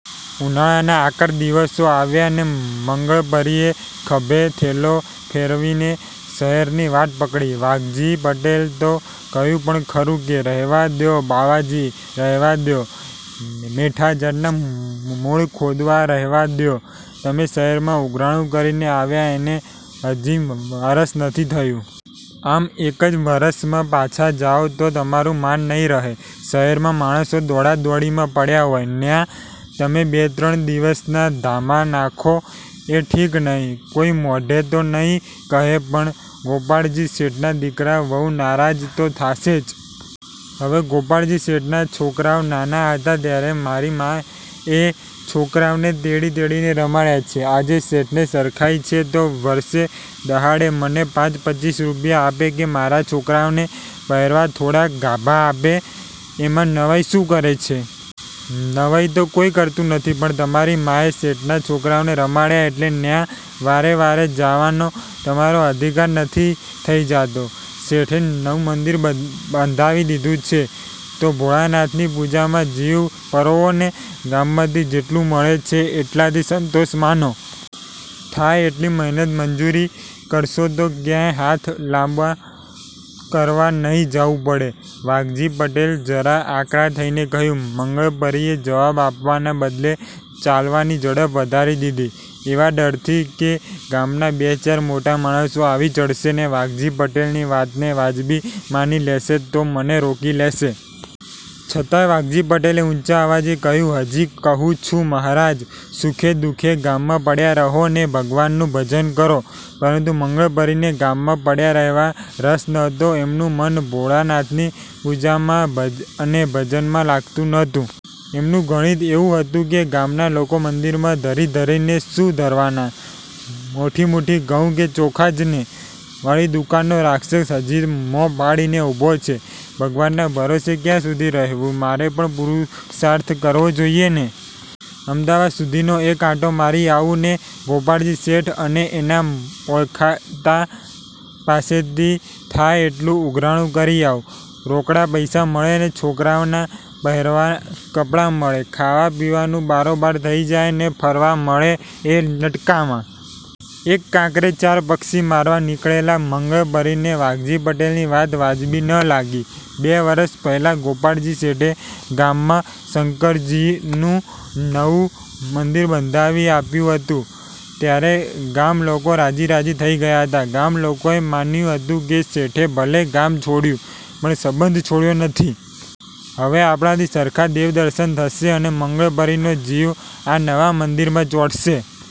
ઉનાળાના આકર દિવસો આવ્યા ને મંગળપરીએ ખંભે થેલો ભેરવીને શહેરની વાટ પકડી. વાઘજી પટેલે તો કહ્યું પણ ખરું કે, "રહેવા દ્યો બાવાજી, રહેવા દ્યો. મીઠાં ઝાડનાં મૂળ ખોદવાં રહેવા દ્યો. તમે શહેરમાં ઉઘરાણું કરીને આવ્યા, એને હજી વરસ નથી થયું. આમ એક જ વરસમાં પાછા જાશો તો તમારું માન નહિ રહે. શહેરમાં માણસો દોડાદોડીમાં પડ્યા હોય, ન્યાં તમે બે-ત્રણ દિવસના ધામા નાખો એ ઠીક નહિ. કોઈ મોઢેં તો નહિ કહે, પણ ગોપાળજી શેઠના દીકરા વહુ નારાજ તો થાશે જ." "હવે, ગોપાળજી શેઠના છોકરાવ નાના હતા ત્યારે મારી માએ એ છોકરાવને તેડી-તેડીને રમાડ્યા છે. આજે શેઠને સરખાઈ છે, તો વરસે દહાડે મને પાંચ-પચીસ રૂપિયા આપે, કે મારા છોકરાવને પહેરવા થોડાક ગાભા આપે, એમાં નવાઈ શું કરે છે?" "નવાઈ તો કોઈ કરતું નથી, પણ તમારી માએ શેઠના છોકરાવને રમાડ્યા એટલે ન્યાં વારે-વારે જાવાનો તમારો અધિકાર નથી થઈ જાતો. શેઠે નવું મંદિર બંધાવી દીધું છે, તો ભોળાનાથની પૂજામાં જીવ પરોવો ને. ગામમાંથી જેટલું મળે છે, એટલાથી સંતોષ માનો. થાય એટલી મહેનત મજૂરી કરશો તો ક્યાંય હાથ લાંબો કરવા નહિ જાવું પડે." વાઘજી પટેલે જરા આકરા થઈને કહ્યું. મંગળપરીએ જવાબ આપવાના બદલે ચાલવાની ઝડપ વધારી દીધી, એવા ડરથી કે ગામના બે-ચાર મોટા માણસો આવી ચડશે ને વાઘજી પટેલની વાતને વાજબી માની લેશે, તો મને રોકી લેશે. છતાંય વાઘજી પટેલે ઊંચા અવાજે કહ્યું, "હજી કહું છું મહારાજ, સુખે દુઃખે ગામમાં પડ્યા રહો ને ભગવાનનું ભજન કરો." પરંતુ મંગળપરીને ગામમાં પડ્યા રહેવામાં રસ નહોતો. એમનું મન ભોળાનાથની પૂજામાં અને ભજનમાં લાગતું નહોતું. એમનું ગણિત એવું હતું કે, "ગામના લોકો મંદિરમાં ધરી-ધરીને શું ધરવાના? મૂઠી-મૂઠી ઘઉં કે ચોખા જ ને? વળી, દુકાળનો રાક્ષસ હજી મોં ફાડીને ઊભો છે. ભગવાનના ભરોસે ક્યાં સુધી રહેવું? મારે પણ પુરુષાર્થ કરવો જોઈને? અમદાવાદ સુધીનો એક આંટો મારી આવું, ને ગોપાળજી શેઠ અને એના ઓળખીતા પાસેથી થાય એટલું ઉઘરાણું કરી આવું. રોકડા પૈસા મળે ને છોકરાવના પહેરવા કપડાં મળે, ખાવા-પીવાનું બારોબાર થઈ જાય, ને ફરવા મળે એ લટકામાં." એક કાંકરે ચાર પક્ષી મારવા નીકળેલા મંગળપરીને વાઘજી પટેલની વાત વાજબી ન લાગી. બે વરસ પહેલાં ગોપાળજી શેઠે ગામમાં શંકરનું નવું મંદિર બંધાવી આપ્યું હતું. ત્યારે ગામ લોકો રાજી-રાજી થઈ ગયા હતા. ગામલોકોએ માન્યું હતું કે, "શેઠે ભલે ગામ છોડ્યું, પણ સંબંધ છોડ્યો નથી. હવે આપણાથી સરખાં દેવદર્શન થશે અને મંગળપરીનો જીવ આ નવા મંદિરમાં ચોંટશે.